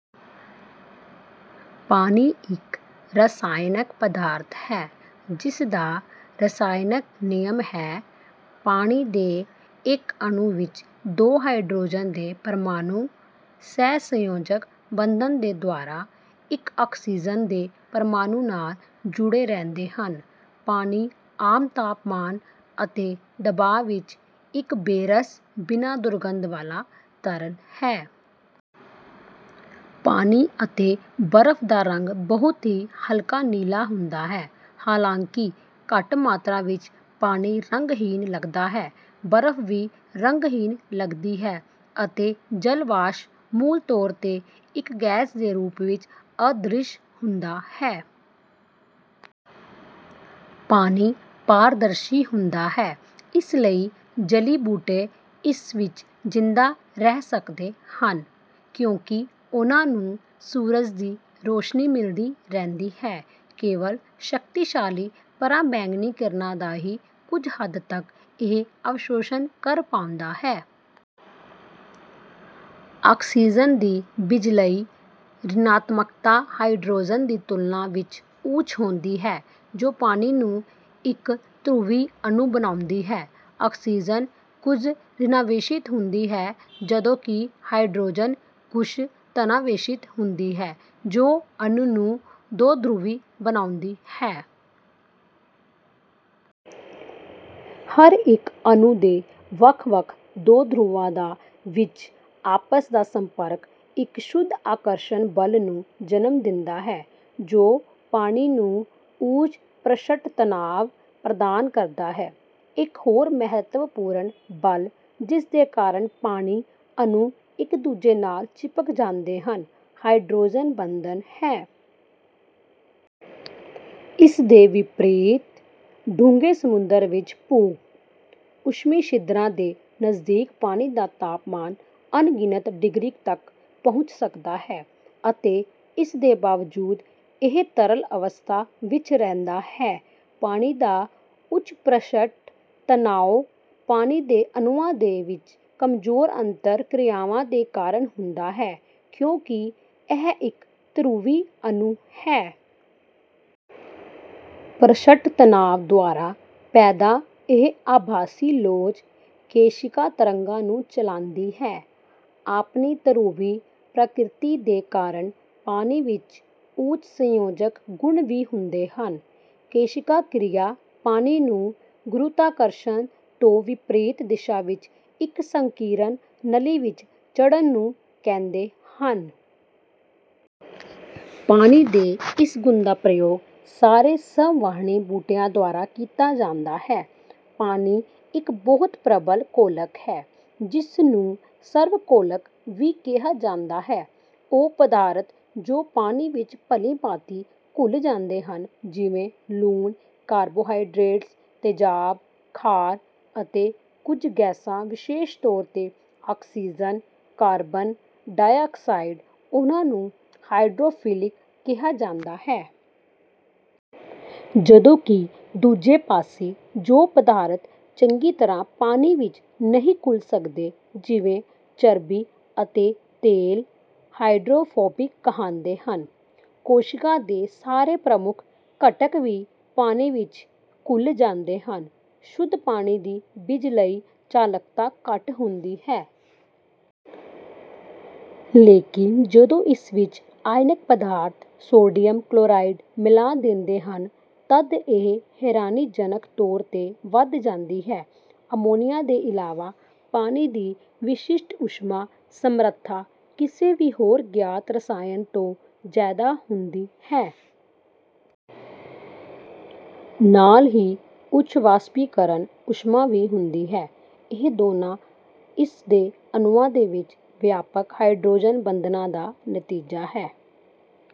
ਪਾਣੀ ਇੱਕ ਰਸਾਇਣਕ ਪਦਾਰਥ ਹੈ ਜਿਸਦਾ ਰਸਾਇਣਕ ਨਿਯਮ ਹੈ: ਪਾਣੀ ਦੇ ਇੱਕ ਅਣੂ ਵਿੱਚ ਦੋ ਹਾਈਡਰੋਜਨ ਦੇ ਪਰਮਾਣੁ ਸਹਿਸੰਯੋਜਕ ਬੰਧਨ ਦੇ ਦੁਆਰਾ ਇੱਕ ਆਕਸੀਜਨ ਦੇ ਪਰਮਾਣੁ ਨਾਲ ਜੁੜੇ ਰਹਿੰਦੇ ਹਨ। ਪਾਣੀ ਆਮ ਤਾਪਮਾਨ ਅਤੇ ਦਬਾਅ ਵਿੱਚ ਇੱਕ ਬੇਰਸ, ਬਿਨਾਂ ਦੁਰਗੰਧ ਵਾਲਾ ਤਰਲ ਹੈ। ਪਾਣੀ ਅਤੇ ਬਰਫ ਦਾ ਰੰਗ ਬਹੁਤ ਹੀ ਹਲਕਾ ਨੀਲਾ ਹੁੰਦਾ ਹੈ, ਹਾਲਾਂਕਿ ਘੱਟ ਮਾਤਰਾ ਵਿੱਚ ਪਾਣੀ ਰੰਗਹੀਨ ਲੱਗਦਾ ਹੈ। ਬਰਫ ਵੀ ਰੰਗਹੀਨ ਲੱਗਦੀ ਹੈ, ਅਤੇ ਜਲ ਵਾਸ਼ਪ ਮੂਲ ਤੌਰ 'ਤੇ ਇੱਕ ਗੈਸ ਦੇ ਰੂਪ ਵਿੱਚ ਅਦ੍ਰਿਸ਼ ਹੁੰਦਾ ਹੈ। ਪਾਣੀ ਪਾਰਦਰਸ਼ੀ ਹੁੰਦਾ ਹੈ, ਇਸ ਲਈ ਜਲੀ ਬੂਟੇ ਇਸ ਵਿੱਚ ਜਿੰਦਾ ਰਹਿ ਸਕਦੇ ਹਨ ਕਿਉਂਕਿ ਉਹਨਾਂ ਨੂੰ ਸੂਰਜ ਦੀ ਰੋਸ਼ਨੀ ਮਿਲਦੀ ਰਹਿੰਦੀ ਹੈ। ਕੇਵਲ ਸ਼ਕਤੀਸ਼ਾਲੀ ਪਰਾਬੈਂਗਨੀ ਕਿਰਨਾਂ ਦਾ ਹੀ ਕੁੱਝ ਹੱਦ ਤੱਕ ਇਹ ਅਵਸ਼ੋਸ਼ਣ ਕਰ ਪਾਉਂਦਾ ਹੈ। ਆਕਸੀਜਨ ਦੀ ਬਿਜਲਈ ਰਿਣਾਤਮਕਤਾ ਹਾਈਡਰੋਜਨ ਦੀ ਤੁਲਣਾ ਵਿੱਚ ਉੱਚ ਹੁੰਦੀ ਹੈ ਜੋ ਪਾਣੀ ਨੂੰ ਇੱਕ ਧਰੁਵੀ ਅਣੂ ਬਣਾਉਂਦੀ ਹੈ। ਆਕਸੀਜਨ ਕੁੱਝ ਰਿਣਾਵੇਸ਼ਿਤ ਹੁੰਦੀ ਹੈ, ਜਦੋਂ ਕਿ ਹਾਈਡਰੋਜਨ ਕੁੱਝ ਧਨਾਵੇਸ਼ਿਤ ਹੁੰਦੀ ਹੈ ਜੋ ਅਣੂ ਨੂੰ ਦੋਧਰੁਵੀ ਬਣਾਉਂਦੀ ਹੈ। ਹਰ ਇੱਕ ਅਣੂ ਦੇ ਵੱਖ ਵੱਖ ਦੋ ਧਰੁਵਾਂ ਦਾ ਵਿੱਚ ਆਪਸ ਦਾ ਸੰਪਰਕ ਇੱਕ ਸ਼ੁੱਧ ਆਕਰਸ਼ਣ ਬਲ ਨੂੰ ਜਨਮ ਦਿੰਦਾ ਹੈ ਜੋ ਪਾਣੀ ਨੂੰ ਉੱਚ ਪ੍ਰਸ਼ਟ ਤਨਾਵ ਪ੍ਰਦਾਨ ਕਰਦਾ ਹੈ। ਇੱਕ ਹੋਰ ਮਹੱਤਵਪੂਰਨ ਬਲ ਜਿਸਦੇ ਕਾਰਨ ਪਾਣੀ ਅਣੂ ਇੱਕ ਦੂਜੇ ਨਾਲ ਚਿਪਕ ਜਾਂਦੇ ਹਨ, ਹਾਈਡਰੋਜਨ ਬੰਧਨ ਹੈ। ਇਸ ਦੇ ਵਿਪਰੀਤ ਡੂੰਘੇ ਸਮੁੰਦਰ ਵਿੱਚ ਭੂ – ਊਸ਼ਮੀ ਛਿਦਰਾਂ ਦੇ ਨਜ਼ਦੀਕ ਪਾਣੀ ਦਾ ਤਾਪਮਾਨ ਅਣਗਿਣਤ ਡਿਗਰੀ ਤੱਕ ਪਹੁੰਚ ਸਕਦਾ ਹੈ ਅਤੇ ਇਸ ਦੇ ਬਾਵਜੂਦ ਇਹ ਤਰਲ ਅਵਸਥਾ ਵਿੱਚ ਰਹਿੰਦਾ ਹੈ। ਪਾਣੀ ਦਾ ਉੱਚ ਪ੍ਰਸ਼ਟ ਤਣਾਉ, ਪਾਣੀ ਦੇ ਅਣੂਆਂ ਦੇ ਵਿੱਚ ਕਮਜੋਰ ਅੰਤਰ ਕਿਰਿਆਵਾਂ ਦੇ ਕਾਰਨ ਹੁੰਦਾ ਹੈ ਕਿਉਂਕਿ ਇਹ ਇੱਕ ਧਰੁਵੀ ਅਣੂ ਹੈ। ਪ੍ਰਸ਼ਟ ਤਨਾਵ ਦੁਆਰਾ ਪੈਦਾ ਇਹ ਆਭਾਸੀ ਲੋਚ, ਕੇਸ਼ਿਕਾ ਤਰੰਗਾਂ ਨੂੰ ਚਲਾਂਦੀ ਹੈ। ਆਪਣੀ ਧਰੁਵੀ ਪ੍ਰਕ੍ਰਿਤੀ ਦੇ ਕਾਰਨ ਪਾਣੀ ਵਿੱਚ ਉੱਚ ਸੰਯੋਜਕ ਗੁਣ ਵੀ ਹੁੰਦੇ ਹਨ। ਕੇਸ਼ਿਕਾ ਕਿਰਿਆ, ਪਾਣੀ ਨੂੰ ਗੁਰੁਤਾਕਰਸ਼ਣ ਤੋਂ ਵਿਪਰੀਤ ਦਿਸ਼ਾ ਵਿੱਚ ਇੱਕ ਸੰਕੀਰਣ ਨਲੀ ਵਿੱਚ ਚੜ੍ਹਨ ਨੂੰ ਕਹਿੰਦੇ ਹਨ। ਪਾਣੀ ਦੇ ਇਸ ਗੁਣ ਦਾ ਪ੍ਰਯੋਗ ਸਾਰੇ ਸੰਵਹਨੀ ਬੂਟਿਆਂ ਦੁਆਰਾ ਕੀਤਾ ਜਾਂਦਾ ਹੈ। ਪਾਣੀ ਇੱਕ ਬਹੁਤ ਪ੍ਰਬਲ ਘੋਲਕ ਹੈ, ਜਿਸ ਨੂੰ ਸਰਵ ਘੋਲਕ ਵੀ ਕਿਹਾ ਜਾਂਦਾ ਹੈ। ਉਹ ਪਦਾਰਥ ਜੋ ਪਾਣੀ ਵਿੱਚ ਭਲੀ ਭਾਂਤੀ ਘੁਲ ਜਾਂਦੇ ਹਨ ਜਿਵੇਂ ਲੂਣ, ਕਾਰਬੋਹਾਈਡ੍ਰੇਟਸ, ਤੇਜਾਬ, ਖਾਰ, ਅਤੇ ਕੁੱਝ ਗੈਸਾਂ ਵਿਸ਼ੇਸ਼ ਤੌਰ 'ਤੇ ਆਕਸੀਜਨ, ਕਾਰਬਨ ਡਾਇਆਕਸਾਈਡ ਉਹਨਾਂ ਨੂੰ ਹਾਈਡਰੋਫਿਲਿਕ ਕਿਹਾ ਜਾਂਦਾ ਹੈ। ਜਦੋਂ ਕਿ ਦੂਜੇ ਪਾਸੇ ਜੋ ਪਦਾਰਥ ਚੰਗੀ ਤਰ੍ਹਾਂ ਪਾਣੀ ਵਿੱਚ ਨਹੀਂ ਘੁਲ ਸਕਦੇ ਜਿਵੇਂ ਚਰਬੀ ਅਤੇ ਤੇਲ, ਹਾਈਡਰੋਫੋਬਿਕ ਕਹਾਂਦੇ ਹਨ। ਕੋਸ਼ਿਕਾ ਦੇ ਸਾਰੇ ਪ੍ਰਮੁੱਖ ਘਟਕ ਵੀ ਪਾਣੀ ਵਿੱਚ ਘੁਲ ਜਾਂਦੇ ਹਨ। ਸ਼ੁੱਧ ਪਾਣੀ ਦੀ ਬਿਜਲਈ ਚਾਲਕਤਾ ਘੱਟ ਹੁੰਦੀ ਹੈ। ਲੇਕਿਨ ਜਦੋਂ ਇਸ ਵਿੱਚ ਆਇਨਕ ਪਦਾਰਥ ਸੋਡੀਅਮ ਕਲੋਰਾਈਡ ਮਿਲਾ ਦਿੰਦੇ ਹਨ ਤੱਦ ਇਹ ਹੈਰਾਨੀਜਨਕ ਤੌਰ 'ਤੇ ਵੱਧ ਜਾਂਦੀ ਹੈ। ਅਮੋਨੀਆ ਦੇ ਇਲਾਵਾ, ਪਾਣੀ ਦੀ ਵਿਸ਼ਿਸ਼ਟ ਊਸ਼ਮਾ ਸਮਰੱਥਾ ਕਿਸੇ ਵੀ ਹੋਰ ਗਿਆਤ ਰਸਾਇਣ ਤੋਂ ਜਿਆਦਾ ਹੁੰਦੀ ਹੈ। ਨਾਲ ਹੀ ਉੱਚ ਵਾਸਪੀਕਰਨ ਊਸ਼ਮਾ ਵੀ ਹੁੰਦੀ ਹੈ। ਇਹ ਦੋਨਾਂ ਇਸ ਦੇ ਅਣੂਆਂ ਦੇ ਵਿੱਚ ਵਿਆਪਕ ਹਾਇਡਰੋਜਨ ਬੰਧਨਾਂ ਦਾ ਨਤੀਜਾ ਹੈ।